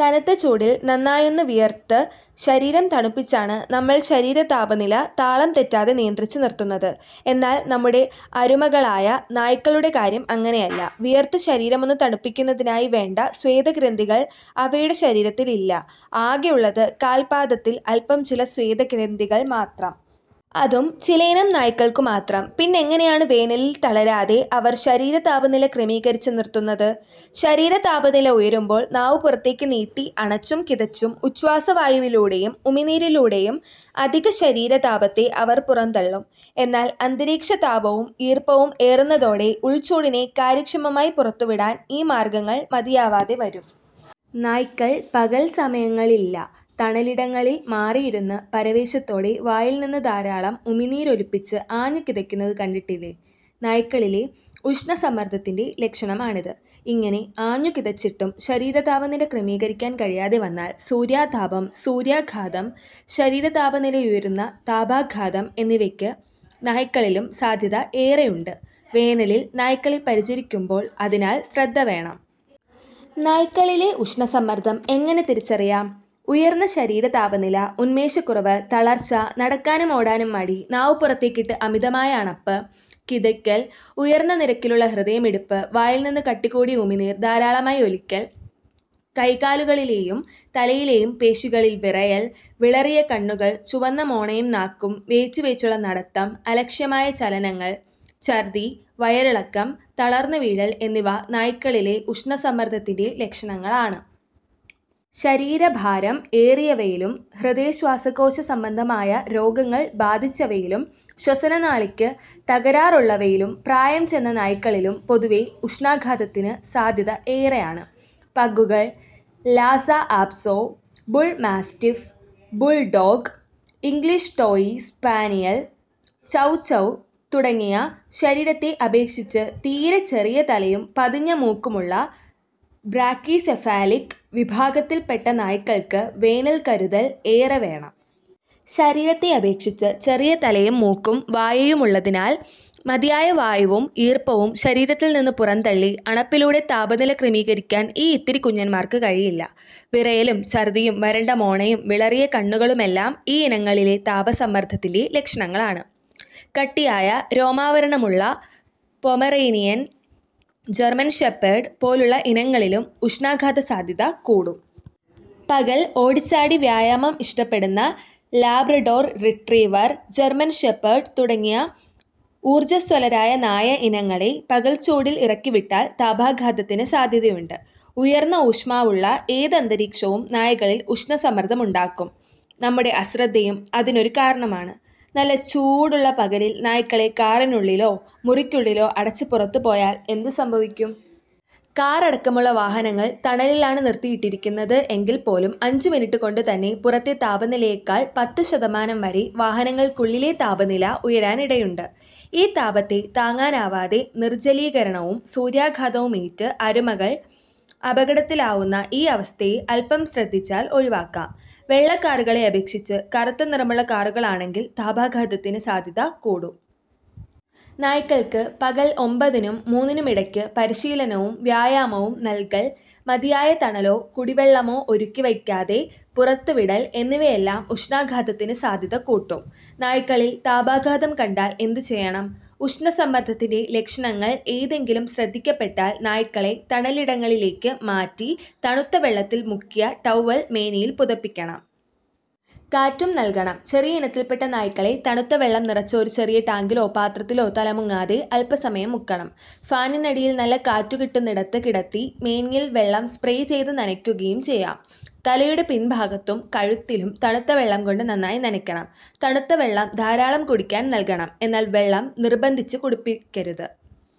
കനത്ത ചൂടില്‍ നന്നായൊന്ന് വിയര്‍ത്ത് ശരീരം തണുപ്പിച്ചാണ് നമ്മള്‍ ശരീര താപനില താളം തെറ്റാതെ നിയന്ത്രിച്ച് നിര്‍ത്തുന്നത്. എന്നാല്‍ നമ്മുടെ അരുമകളായ നായ്ക്കളുടെ കാര്യം അങ്ങനെയല്ല. വിയര്‍ത്ത് ശരീരമൊന്ന് തണുപ്പിക്കുന്നതിനായി വേണ്ട സ്വേദഗ്രന്ഥികൾ അവയുടെ ശരീരത്തിലില്ല, ആകെയുള്ളത് കാൽ പാദത്തിൽ അല്‍പ്പം ചില സ്വേദഗ്രന്ഥികൾ മാത്രം. അതും ചിലയിനം നായ്ക്കള്ക്കു മാത്രം. പിന്നെങ്ങെനെയാണ് വേനലില്‍ തളരാതെ അവര്‍ ശരീരതാപനില ക്രമീകരിച്ച് നിര്‍ത്തുന്നത്? ശരീരതാപനില ഉയരുമ്പോള്‍ നാവ് പുറത്തേക്ക് നീട്ടി അണച്ചും കിതച്ചും ഉച്ഛ്വാസവായുവിലൂടെയും ഉമിനീരിലൂടെയും അധിക ശരീരതാപത്തെ അവര്‍ പുറന്തളളും. എന്നാല്‍ അന്തരീക്ഷതാപവും ഈര്‍പ്പവും ഏറുന്നതോടെ ഉൾചൂടിനെ കാര്യക്ഷമമായി പുറത്തുവിടാന്‍ ഈ മാര്‍ഗ്ഗങ്ങള്‍ മതിയാവാതെ വരും. നായ്ക്കള്‍ പകല്‍ സമയങ്ങളില്ല തണലിടങ്ങളിൽ മാറിയിരുന്ന് പരവേശത്തോടെ വായില്നിന്ന് ധാരാളം ഉമിനീരൊലിപ്പിച്ച് ആഞ്ഞ് കിതയ്ക്കുന്നത് കണ്ടിട്ടില്ലേ? നായ്ക്കളിലെ ഉഷ്ണ സമ്മര്‍ദ്ദത്തിന്‍റെ ലക്ഷണമാണിത്. ഇങ്ങനെ ആഞ്ഞു കിതച്ചിട്ടും ശരീരതാപനില ക്രമീകരിക്കാന്‍ കഴിയാതെ വന്നാല്‍ സൂര്യാതാപം, സൂര്യാഘാതം, ശരീരതാപനിലയുയരുന്ന താപാഘാതം എന്നിവയ്ക്ക് നായ്ക്കളിലും സാധ്യതയേറെയുണ്ട്. വേനലില്‍ നായ്ക്കളെ പരിചരിക്കുമ്പോള്‍ അതിനാല് ശ്രദ്ധവേണം. നായ്ക്കളിലെ ഉഷ്ണസമ്മർദ്ദം എങ്ങനെ തിരിച്ചറിയാം? ഉയര്‍ന്ന ശരീര താപനില, ഉന്മേഷക്കുറവ്, തളര്‍ച്ച, നടക്കാനും ഓടാനും മടി, നാവ് പുറത്തേക്കിട്ട് അമിതമായ അണപ്പ്, കിതയ്ക്കല്‍, ഉയര്‍ന്ന നിരക്കിലുള്ള ഹൃദയമിടിപ്പ്, വായില്നിന്ന് കട്ടികൂടിയ ഉമിനീർ ധാരാളമായി ഒലിക്കല്‍, കൈകാലുകളിലേയും തലയിലെയും പേശികളില്‍ വിറയല്‍, വിളറിയ കണ്ണുകള്‍, ചുവന്ന മോണയും നാക്കും, വേച്ച് വേച്ചുള്ള നടത്തം, അലക്ഷ്യമായ ചലനങ്ങള്‍, ഛര്‍ദ്ദി, വയറിളക്കം, തളര്‍ന്ന് വീഴല്‍ എന്നിവ നായ്ക്കളിലെ ഉഷ്ണസമ്മർദ്ദത്തിന്റെ ലക്ഷണങ്ങളാണ്. ശരീരഭാരം ഏറിയവയിലും ഹൃദയ-ശ്വാസകോശ സംബന്ധമായ രോഗങ്ങള്‍ ബാധിച്ചവയിലും ശ്വസനനാളിക്ക് തകരാറുള്ളവയിലും പ്രായം ചെന്ന നായ്ക്കളിലും പൊതുവെ ഉഷ്ണാഘാതത്തിന് സാധ്യത ഏറെയാണ്. പഗ്ഗുകള്, Lhasa apso, bull mastiff, bulldog, English toy spaniel, chow chow തുടങ്ങിയ ശരീരത്തെ അപേക്ഷിച്ച് തീരെ ചെറിയ തലയും പതിഞ്ഞ മൂക്കുമുള്ള ബ്രാക്കിസെഫാലിക് വിഭാഗത്തില്പ്പെട്ട നായ്ക്കള്‍ക്ക് വേനല്‍ കരുതല്‍ ഏറെ വേണം. ശരീരത്തെ അപേക്ഷിച്ച് ചെറിയ തലയും മൂക്കും വായയുമായതിനാൽ മതിയായ വായുവും ഈര്‍പ്പവും ശരീരത്തില്നിന്ന് പുറന്തള്ളി അണപ്പിലൂടെ താപനില ക്രമീകരിക്കാന്‍ ഈ ഇത്തിരി കുഞ്ഞന്മാർക്ക് കഴിയില്ല. വിറയലും ഛര്‍ദ്ദിയും വരണ്ട മോണയും വിളറിയ കണ്ണുകളുമെല്ലാം ഈയിനങ്ങളിലെ താപ സമ്മർദ്ദത്തിന്റെ ലക്ഷണങ്ങളാണ്. കട്ടിയായ രോമാവരണമുള്ള പൊമറേനിയന്, ജര്‍മൻ ഷെപ്പേഡ് പോലുള്ള ഇനങ്ങളിലും ഉഷ്ണാഘാതസാധ്യത കൂടും. പകല് ഓടിച്ചാടി വ്യായാമം ഇഷ്ടപ്പെടുന്ന ലാബ്രഡോര് റിട്രീവര്, ജര്മന് ഷെപ്പേര്ഡ് തുടങ്ങിയ ഊര്ജസ്വലരായ നായ ഇനങ്ങളിൽ പകല്ചൂടില് ഇറക്കിവിട്ടാല്‍ താപാഘാതത്തിന് സാധ്യതയുണ്ട്. ഉയര്‍ന്ന ഊഷ്മാവുള്ള ഏത് അന്തരീക്ഷവും നായകളില്‍ ഉഷ്ണസമ്മർദ്ദമുണ്ടാക്കും. നമ്മുടെ അശ്രദ്ധയും അതിനൊരു കാരണമാണ്. നല്ല ചൂടുള്ള പകലില്‍ നായ്ക്കളെ കാറിനുള്ളിലോ, മുറിയ്ക്കുള്ളിലോ അടച്ച് പുറത്ത് പോയാല്‍ എന്ത് സംഭവിക്കും? കാറടക്കമുള്ള വാഹനങ്ങള്‍ തണലിലാണ് നിർത്തിയിട്ടിരിക്കുന്നത് എങ്കില്‍ പോലും അഞ്ചു മിനിറ്റ് കൊണ്ടു തന്നെ പുറത്തെ താപനിലയേക്കാള് പത്ത് ശതമാനം വരെ വാഹനങ്ങള്‍ക്കുള്ളിലെ താപനില ഉയരാന്‍ ഇടയുണ്ട്. ഈ താപത്തെ താങ്ങാനാവാതെ നിർജലീകരണവും, സൂര്യാഘാതവും ഏറ്റ് അരുമകള്‍ അപകടത്തിലാവുന്ന ഈ അവസ്ഥയെ അൽപം ശ്രദ്ധിച്ചാല്‍ ഒഴിവാക്കാം. വെള്ള കാറുകളെ അപേക്ഷിച്ച് കറുത്ത നിറമുള്ള കാറുകളാണെങ്കിൽ താപാഘാതത്തിന് സാധ്യത കൂടും. നായ്ക്കള്‍ക്ക് പകല്‍ ഒമ്പതിനും മൂന്നിനുമിടയ്ക്ക് പരിശീലനവും വ്യായാമവും നല്കൽ, മതിയായ തണലോ കുടിവെള്ളമോ ഒരുക്കി വയ്ക്കാതെ പുറത്ത് വിടല്‍ എന്നിവയെല്ലാം ഉഷ്ണാഘാതത്തിന് സാധ്യതകൂട്ടും. നായ്ക്കളില്‍ താപാഘാതം കണ്ടാല്‍ എന്ത് ചെയ്യണം? ഉഷ്ണസമ്മർദ്ദത്തിന്റെ ലക്ഷണങ്ങള്‍ ഏതെങ്കിലും ശ്രദ്ധിക്കപ്പെട്ടാല്‍ നായ്ക്കളെ തണലിടങ്ങളിലേക്ക് മാറ്റി തണുത്ത വെള്ളത്തില്‍ മുക്കിയ ടവ്വൽ മേനിയില്‍ പുതപ്പിക്കണം. കാറ്റും നല്കണം. ചെറിയ ഇനത്തിൽപ്പെട്ട നായ്ക്കളെ തണുത്ത വെള്ളം നിറച്ച ഒരു ചെറിയ ടാങ്കിലോ പാത്രത്തിലോ തല മുങ്ങാതെ അല്പ്പസമയം മുക്കണം. ഫാനിനടിയിൽ നല്ല കാറ്റു കിട്ടുന്നിടത്ത് കിടത്തി മേനിയില്‍ വെള്ളം സ്പ്രേ ചെയ്ത് നനയ്ക്കുകയും ചെയ്യാം. തലയുടെ പിൻ ഭാഗത്തും കഴുത്തിലും തണുത്തവെള്ളം കൊണ്ട് നന്നായി നനയ്ക്കണം. തണുത്ത വെള്ളം ധാരാളം കുടിക്കാന്‍ നല്കണം. എന്നാല്‍, വെള്ളം നിര്‍ബന്ധിച്ച് കുടിപ്പിക്കരുത്.